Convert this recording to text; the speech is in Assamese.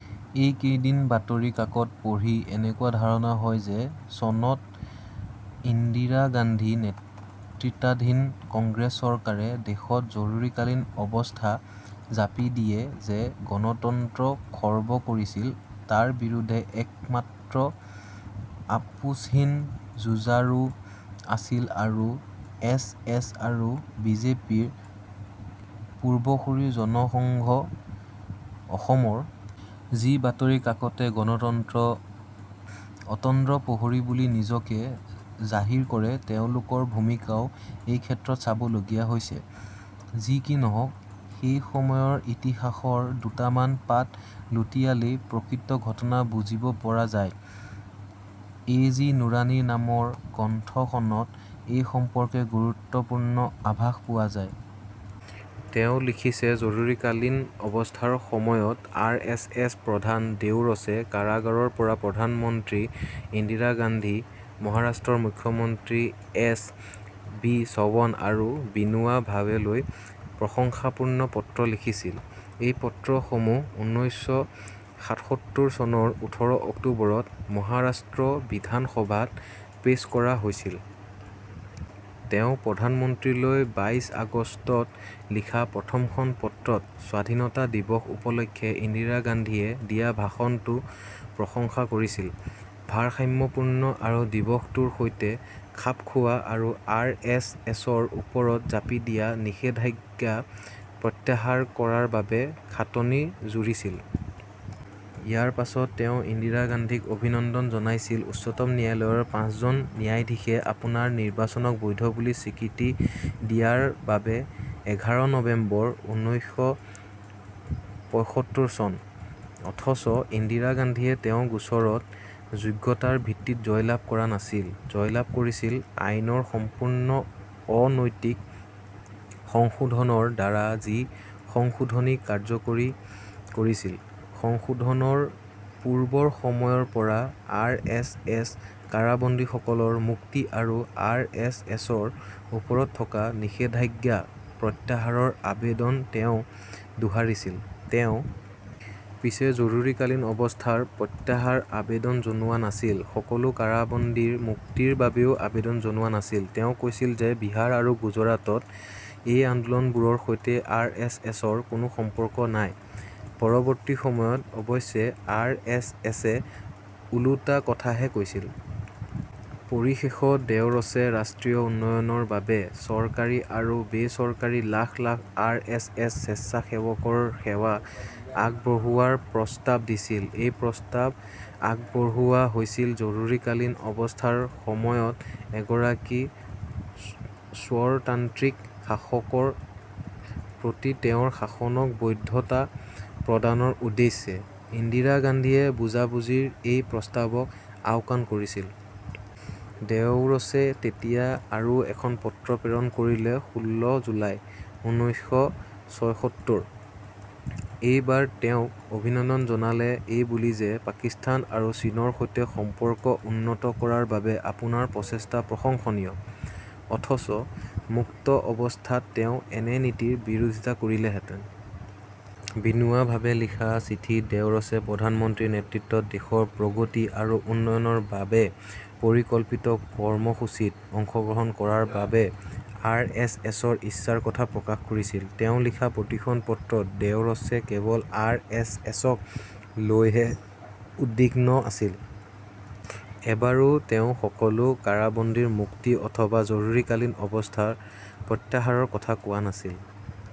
এই কেইদিন বাতৰি কাকত পঢ়ি এনেকুৱা ধাৰণা হয় যে চনত ইন্দিৰা গান্ধী নেতৃত্বাধীন কংগ্ৰেছ চৰকাৰে দেশত জৰুৰীকালীন অৱস্থা জাপি দিয়ে যে গণতন্ত্ৰ খৰ্ব কৰিছিল তাৰ বিৰুদ্ধে একমাত্ৰ আপোচহীন যুঁজাৰু আছিল আৰ এছ এছ আৰু বিজেপিৰ পূৰ্বসূৰী জনসংঘ। অসমৰ যি বাতৰি কাকতে গণতন্ত্ৰৰ অতন্দ্ৰ প্ৰহৰী বুলি নিজকে জাহিৰ কৰে তেওঁলোকৰ ভূমিকাও এইক্ষেত্ৰত চাবলগীয়া হৈছে। যি কি নহওক সেই সময়ৰ ইতিহাসৰ দুটামান পাত লুটিয়ালেই প্ৰকৃত ঘটনা বুজিব পৰা যায়। এ জি নুৰানীৰ নামৰ গ্ৰন্থখনত এই সম্পৰ্কে গুৰুত্বপূৰ্ণ আভাস পোৱা যায়। তেওঁ লিখিছে জৰুৰীকালীন অৱস্থাৰ সময়ত আৰ এছ এছ প্ৰধান দেওৰচে কাৰাগাৰৰ পৰা প্ৰধানমন্ত্ৰী ইন্দিৰা গান্ধী মহাৰাষ্ট্ৰৰ মুখ্যমন্ত্ৰী এছ বি চৱন আৰু বিনোৱা ভাৱেলৈ প্ৰশংসাপূৰ্ণ পত্ৰ লিখিছিল। এই পত্ৰসমূহ ঊনৈশ সাতসত্তৰ চনৰ ওঠৰ অক্টোবৰত মহাৰাষ্ট্ৰ বিধান সভাত পেছ কৰা হৈছিল। তেওঁ প্ৰধানমন্ত্ৰীলৈ বাইছ আগষ্টত লিখা প্ৰথমখন পত্ৰত স্বাধীনতা দিৱস উপলক্ষে ইন্দিৰা গান্ধীয়ে দিয়া ভাষণটো প্ৰশংসা কৰিছিল। ভাৰসাম্যপূৰ্ণ আৰু দিৱসটোৰ সৈতে খাপখোৱা আৰু আৰ এছ এছৰ ওপৰত জাপি দিয়া নিষেধাজ্ঞা প্ৰত্যাহাৰ কৰাৰ বাবে খাটনি জুৰিছিল। ইয়াৰ পাছত তেওঁ ইন্দিৰা গান্ধীক অভিনন্দন জনাইছিল উচ্চতম ন্যায়ালয়ৰ পাঁচজন ন্যায়াধীশে আপোনাৰ নিৰ্বাচনক বৈধ বুলি স্বীকৃতি দিয়া বাবে এঘাৰ নৱেম্বৰ ঊনৈশ পইসত্তৰ চন। অথচ ইন্দিৰা গান্ধীয়ে তেওঁৰ গোচৰত যোগ্যতাৰ ভিত্তিত জয় লাভ কৰা নাছিল জয়লাভ কৰিছিল আইনৰ সম্পূৰ্ণ অ-নৈতিক সংশোধনৰ দ্বাৰা যি সংশোধনী কাৰ্যকৰী কৰিছিল, সংশোধনৰ পূৰ্বৰ সময়ৰ পৰা আৰ এছ এছ কাৰাবন্দীসকলৰ মুক্তি আৰু আৰ এছ এছৰ ওপৰত থকা নিষেধাজ্ঞা প্ৰত্যাহাৰৰ আৱেদন তেওঁ দোহাৰিছিল। তেওঁ পিছে জৰুৰীকালীন অৱস্থাৰ প্ৰত্যাহাৰ আৱেদন জনোৱা নাছিল সকলো কাৰাবন্দীৰ মুক্তিৰ বাবেও আৱেদন জনোৱা নাছিল। তেওঁ কৈছিল যে বিহাৰ আৰু গুজৰাটত এই আন্দোলনবোৰৰ সৈতে আৰ এছ এছৰ কোনো সম্পৰ্ক নাই। পৰৱৰ্তী সময়ত অৱশ্যে আৰ এছ এছ এ ওলোটা কথাহে কৈছিল। পৰিশেষত দেওৰচে ৰাষ্ট্ৰীয় উন্নয়নৰ বাবে চৰকাৰী আৰু বেচৰকাৰী lakh lakh R S S স্বেচ্ছাসেৱকৰ সেৱা আগবঢ়োৱাৰ প্ৰস্তাৱ দিছিল। এই প্ৰস্তাৱ আগবঢ়োৱা হৈছিল জৰুৰীকালীন অৱস্থাৰ সময়ত এগৰাকী স্বৰতান্ত্ৰিক শাসকৰ প্ৰতিতেওঁৰ শাসনক বৈধতা প্ৰদানৰ উদ্দেশ্যে। ইন্দিৰা গান্ধীয়ে বুজা-বুজিৰ এই প্ৰস্তাৱক আওকাণ কৰিছিল। দেওৰচে তেতিয়া আৰু এখন পত্ৰ প্ৰেৰণ কৰিলে ষোল্ল জুলাই, ঊনৈশ ছয়সত্তৰ। এইবাৰ তেওঁক অভিনন্দন জনালে এই বুলি যে পাকিস্তান আৰু চীনৰ সৈতে সম্পৰ্ক উন্নত কৰাৰ বাবে আপোনাৰ প্ৰচেষ্টা প্ৰশংসনীয়। অথচ মুক্ত অৱস্থাত তেওঁ এনে নীতিৰ বিৰোধিতা কৰিলেহেতেন। বিনোৱা ভাৱেলৈ লিখা চিঠিত দেওৰচে প্ৰধানমন্ত্ৰীৰ নেতৃত্বত দেশৰ প্ৰগতি আৰু উন্নয়নৰ বাবে পৰিকল্পিত কৰ্মসূচীত অংশগ্ৰহণ কৰাৰ বাবে আৰ এছ এছৰ ইচ্ছাৰ কথা প্ৰকাশ কৰিছিল। তেওঁ লিখা প্ৰতিখন পত্ৰত দেওৰচে কেৱল আৰ এছ এছক লৈহে উদ্বিগ্ন আছিল। এবাৰো তেওঁ সকলো কাৰাবন্দীৰ মুক্তি অথবা জৰুৰীকালীন অৱস্থা প্ৰত্যাহাৰৰ কথা কোৱা নাছিল।